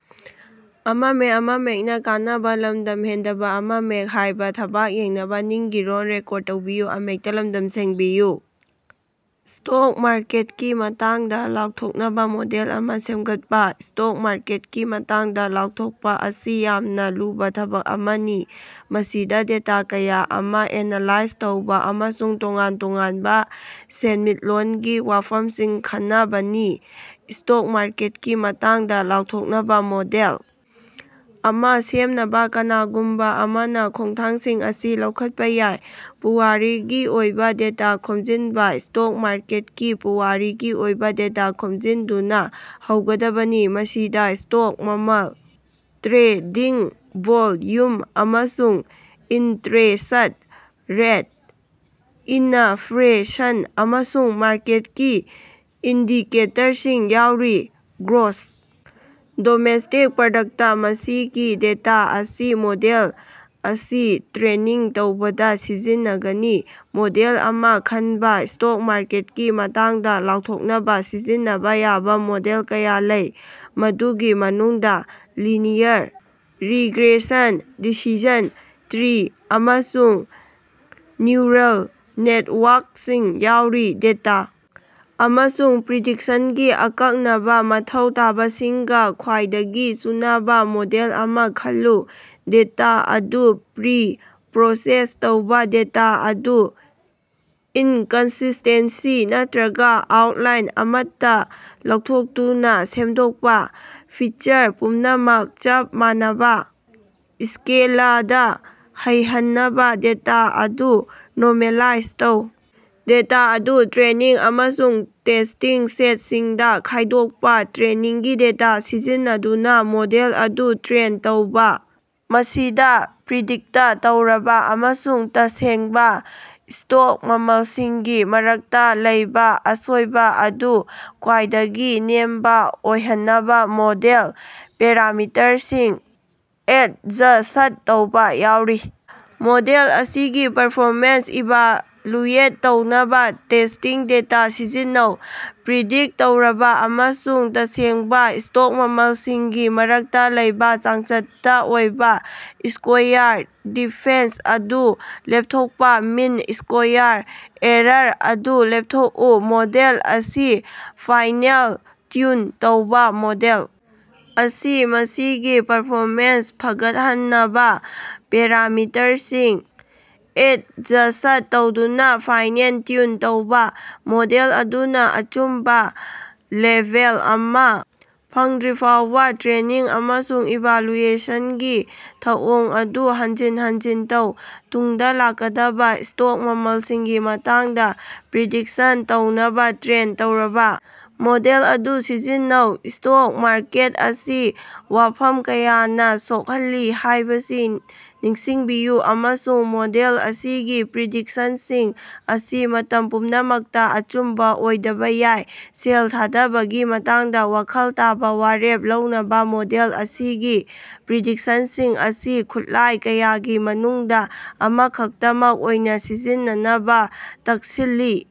Stock ꯃꯥꯔꯀꯦꯠꯀꯤ ꯃꯇꯥꯡꯗꯥ ꯂꯥꯎꯊꯣꯛꯅꯕꯥ model ꯑꯃꯥ ꯁꯦꯝꯒꯠꯄꯥ꯫ ꯁ꯭ꯇꯣꯛ ꯃꯥꯔꯀꯦꯠꯀꯤ ꯃꯇꯥꯡꯗꯥ ꯂꯥꯎꯊꯣꯛꯄꯥ ꯑꯁꯤ ꯌꯥꯝꯅ ꯂꯨꯕꯥ ꯊꯕꯛ ꯑꯃꯅꯤ ꯃꯁꯤꯗꯥ ꯗꯦꯇꯥ ꯀꯌꯥ ꯑꯃꯥ ꯑꯦꯅꯥꯂꯥꯏꯖ ꯇꯧꯕ ꯑꯃꯁꯨꯡ ꯇꯣꯉꯥꯟ ꯇꯣꯉꯥꯟꯕꯥ ꯁꯦꯟꯃꯤꯠꯂꯣꯟꯒꯤ ꯋꯥꯐꯝꯁꯤꯡ ꯈꯟꯅꯕꯅꯤ꯫ ꯁ꯭ꯇꯣꯛ ꯃꯥꯔꯀꯦꯠꯀꯤ ꯃꯇꯥꯡꯗꯥ ꯂꯥꯎꯊꯣꯛꯅꯕꯥ ꯃꯣꯗꯦꯜ ꯑꯃꯥ ꯁꯦꯝꯅꯕꯥ, ꯀꯅꯥꯒꯨꯝꯕꯥ ꯑꯃꯅꯥ ꯈꯣꯡꯊꯥꯡꯁꯤꯡ ꯑꯁꯤ ꯂꯧꯈꯠꯄꯥ ꯌꯥꯏ ꯄꯨꯋꯥꯔꯤꯒꯤ ꯑꯣꯏꯕ ꯗꯦꯇꯥ ꯈꯣꯝꯖꯤꯟꯕ ꯁ꯭ꯇꯣꯛ ꯃꯥꯔꯀꯦꯠꯀꯤ ꯄꯨꯋꯥꯔꯤꯒꯤ ꯑꯣꯏꯕꯥ ꯗꯦꯇꯥ ꯈꯣꯝꯖꯤꯟꯗꯨꯅꯥ ꯍꯧꯒꯗꯕꯅꯤ, ꯃꯁꯤꯗꯥ ꯁ꯭ꯇꯣꯛ ꯃꯃꯜ, ꯇ꯭ꯔꯦꯗꯤꯡ ꯚꯣꯜꯌꯨꯝ, ꯑꯃꯁꯨꯡ ꯏꯟꯇꯔꯦꯁ꯭ꯠ ꯔꯦꯠ, ꯏꯅꯐ꯭ꯂꯦꯁꯟ, ꯑꯃꯁꯨꯡ ꯃꯥꯔꯀꯦꯠꯀꯤ ꯏꯟꯗꯤꯀꯦꯇꯔꯁꯤꯡ ꯌꯥꯎꯔꯤ꯫ ꯒ꯭ꯔꯣꯁ ꯗꯣꯃꯦꯁꯇꯤꯛ ꯄ꯭ꯔꯗꯛꯇ ꯃꯁꯤꯒꯤ ꯗꯦꯇꯥ ꯑꯁꯤ ꯃꯣꯗꯦꯜ ꯑꯁꯤ ꯇ꯭ꯔꯦꯅꯤꯡ ꯇꯧꯕꯗꯥ ꯁꯤꯖꯤꯟꯅꯒꯅꯤ꯫ ꯃꯣꯗꯦꯜ ꯑꯃꯥ ꯈꯟꯕ ꯁ꯭ꯇꯣꯛ ꯃꯥꯔꯀꯦꯠꯀꯤ ꯃꯇꯥꯡꯗꯥ ꯂꯥꯎꯊꯣꯛꯅꯕꯥ ꯁꯤꯖꯤꯟꯅꯕꯥ ꯌꯥꯕ ꯃꯣꯗꯦꯜ ꯀꯌꯥ ꯂꯩ, ꯃꯗꯨꯒꯤ ꯃꯅꯨꯡꯗꯥ ꯂꯤꯅꯤꯌꯔ ꯔꯤꯒ꯭ꯔꯦꯁꯟ, ꯗꯤꯁꯤꯖꯟ ꯇ꯭ꯔꯤ, ꯑꯃꯁꯨꯡ ꯅ꯭ꯌꯨꯔꯜ ꯅꯦꯠꯋꯥꯔꯀꯁꯤꯡ ꯌꯥꯎꯔꯤ꯫ ꯗꯦꯇꯥ ꯑꯃꯁꯨꯡ ꯄ꯭ꯔꯤꯗꯤꯛꯁꯟꯒꯤ ꯑꯀꯛꯅꯕꯥ ꯃꯊꯧ ꯇꯥꯕꯁꯤꯡꯒꯥ ꯈ꯭ꯋꯥꯏꯗꯒꯤ ꯆꯨꯅꯕꯥ ꯃꯣꯗꯦꯜ ꯑꯃꯥ ꯈꯜꯂꯨ꯫ ꯗꯦꯇꯥ ꯑꯗꯨ ꯄ꯭ꯔꯤ ꯄ꯭ꯔꯣꯁꯦꯁ ꯇꯧꯕ ꯗꯦꯇꯥ ꯑꯗꯨ ꯏꯟꯀꯟꯁꯤꯁ꯭ꯇꯦꯟꯁꯤ ꯅꯠꯇ꯭ꯔꯒꯥ ꯑꯥꯎꯠꯂꯥꯏꯔ ꯑꯃꯠꯇꯥ ꯂꯧꯊꯣꯛꯇꯨꯅꯥ ꯁꯦꯡꯗꯣꯛꯄꯥ꯫ ꯐꯤꯆꯔ ꯄꯨꯝꯅꯃꯛ ꯆꯞ ꯃꯥꯟꯅꯕꯥ ꯁ꯭ꯀꯦꯂꯗꯥ ꯂꯩꯍꯟꯅꯕꯥ ꯗꯦꯇꯥ ꯑꯗꯨ ꯅꯣꯔꯃꯦꯂꯥꯏꯖ ꯇꯧ꯫ ꯗꯦꯇꯥ ꯑꯗꯨ ꯇ꯭ꯔꯦꯅꯤꯡ ꯑꯃꯁꯨꯡ ꯇꯦꯁ꯭ꯇꯤꯡ ꯁꯦꯠꯁꯤꯡꯗꯥ ꯈꯥꯏꯗꯣꯛꯄꯥ꯫ ꯇ꯭ꯔꯦꯅꯤꯡꯒꯤ ꯗꯦꯇꯥ ꯁꯤꯖꯤꯟꯅꯗꯨꯅꯥ ꯃꯣꯗꯦꯜ ꯑꯗꯨ ꯇ꯭ꯔꯦꯟ ꯇꯧꯕꯥ꯫ ꯃꯁꯤꯗꯥ ꯄ꯭ꯔꯤꯗꯤꯛꯇ ꯇꯧꯔꯕꯥ ꯑꯃꯁꯨꯡ ꯇꯁꯦꯡꯕꯥ ꯁ꯭ꯇꯣꯛ ꯃꯃꯜꯁꯤꯡꯒꯤ ꯃꯔꯛꯇꯥ ꯂꯩꯕ ꯑꯁꯣꯏꯕꯥ ꯑꯗꯨ ꯈ꯭ꯋꯥꯏꯗꯒꯤ ꯅꯦꯝꯕꯥ ꯑꯣꯏꯍꯟꯅꯕꯥ ꯃꯣꯗꯦꯜ ꯄꯦꯔꯥꯃꯤꯇꯔꯁꯤꯡ ꯑꯦꯗꯖꯁ꯭ꯠ ꯇꯧꯕꯥ ꯌꯥꯎꯔꯤ꯫ ꯃꯣꯗꯦꯜ ꯑꯁꯤꯒꯤ ꯄꯔꯐꯣꯃꯦꯟꯁ ꯏꯚꯥꯂꯨꯑꯦꯠ ꯇꯧꯅꯕꯥ ꯇꯦꯁ꯭ꯇꯤꯡ ꯗꯦꯇꯥ ꯁꯤꯖꯤꯟꯅꯧ꯫ ꯄ꯭ꯔꯤꯗꯤꯛꯇ ꯇꯧꯔꯕꯥ ꯑꯃꯁꯨꯡ ꯇꯁꯦꯡꯕꯥ ꯁ꯭ꯇꯣꯛ ꯃꯃꯜꯁꯤꯡꯒꯤ ꯃꯔꯛꯇꯥ ꯂꯩꯕ ꯆꯥꯡꯆꯠꯇꯥ ꯑꯣꯏꯕ ꯁ꯭ꯀꯣꯌꯥꯔ ꯗꯤꯐꯦꯟꯁ ꯑꯗꯨ ꯂꯦꯞꯊꯣꯛꯄꯥ ꯃꯤꯟ ꯁ꯭ꯀꯣꯌꯥꯔ ꯑꯦꯔꯥꯔ ꯑꯗꯨ ꯂꯦꯞꯊꯣꯛꯎ꯫ ꯃꯣꯗꯦꯜ ꯑꯁꯤ ꯐꯥꯏꯅꯦꯜ ꯇ꯭ꯌꯨꯟ ꯇꯧꯕ ꯃꯣꯗꯦꯜ ꯑꯁꯤ ꯃꯁꯤꯒꯤ ꯄꯔꯐꯣꯃꯦꯟꯁ ꯐꯒꯠꯍꯟꯅꯕꯥ ꯄꯦꯔꯥꯃꯤꯇꯔꯁꯤꯡ ꯑꯦꯗꯖꯁ꯭ꯠ ꯇꯧꯗꯨꯅꯥ ꯐꯥꯏꯅꯦꯜ ꯇ꯭ꯌꯨꯟ ꯇꯧꯕ꯫ ꯃꯣꯗꯦꯜ ꯑꯗꯨꯅꯥ ꯑꯆꯨꯝꯕꯥ ꯂꯦꯚꯦꯜ ꯑꯃꯥ ꯐꯪꯗ꯭ꯔꯤꯐꯥꯎꯕꯥ ꯇ꯭ꯔꯦꯅꯤꯡ ꯑꯃꯁꯨꯡ ꯏꯚꯥꯜꯌꯨꯑꯦꯁꯟꯒꯤ ꯊꯧꯑꯣꯡ ꯑꯗꯨ ꯍꯟꯖꯤꯟ ꯍꯟꯖꯤꯟ ꯇꯧ꯫ ꯇꯨꯡꯗꯥ ꯂꯥꯛꯀꯗꯕꯥ ꯁ꯭ꯇꯣꯛ ꯃꯃꯜꯁꯤꯡꯒꯤ ꯃꯇꯥꯡꯗꯥ ꯄ꯭ꯔꯤꯗꯤꯛꯁꯟ ꯇꯧꯅꯕꯥ ꯇ꯭ꯔꯦꯟ ꯇꯧꯔꯕꯥ ꯃꯣꯗꯦꯜ ꯑꯗꯨ ꯁꯤꯖꯤꯟꯅꯧ꯫ ꯁ꯭ꯇꯣꯛ ꯃꯥꯔꯀꯦꯠ ꯑꯁꯤ ꯋꯥꯐꯝ ꯀꯌꯥꯅꯥ ꯁꯣꯛꯍꯜꯂꯤ ꯍꯥꯏꯕꯁꯤ ꯅꯤꯡꯁꯤꯡꯕꯤꯌꯨ, ꯑꯃꯁꯨꯡ ꯃꯣꯗꯦꯜ ꯑꯁꯤꯒꯤ ꯄ꯭ꯔꯤꯗꯤꯛꯁꯟꯁꯤꯡ ꯑꯁꯤ ꯃꯇꯝ ꯄꯨꯝꯅꯃꯛꯇꯥ ꯑꯆꯨꯝꯕꯥ ꯑꯣꯏꯗꯕꯥ ꯌꯥꯏ꯫ ꯁꯦꯜ ꯊꯥꯗꯕꯒꯤ ꯃꯇꯥꯡꯗꯥ ꯋꯥꯈꯜ ꯇꯥꯕ ꯋꯥꯔꯦꯞ ꯂꯧꯅꯕꯥ ꯃꯣꯗꯦꯜ ꯑꯁꯤꯒꯤ ꯄ꯭ꯔꯤꯗꯤꯛꯁꯟꯁꯤꯡ ꯑꯁꯤ ꯈꯨꯠꯂꯥꯏ ꯀꯌꯥꯒꯤ ꯃꯅꯨꯡꯗꯥ ꯑꯃꯈꯛꯇꯃꯛ ꯑꯣꯏꯅꯥ ꯁꯤꯖꯤꯟꯅꯅꯕꯥ ꯇꯛꯁꯤꯜꯂꯤ꯫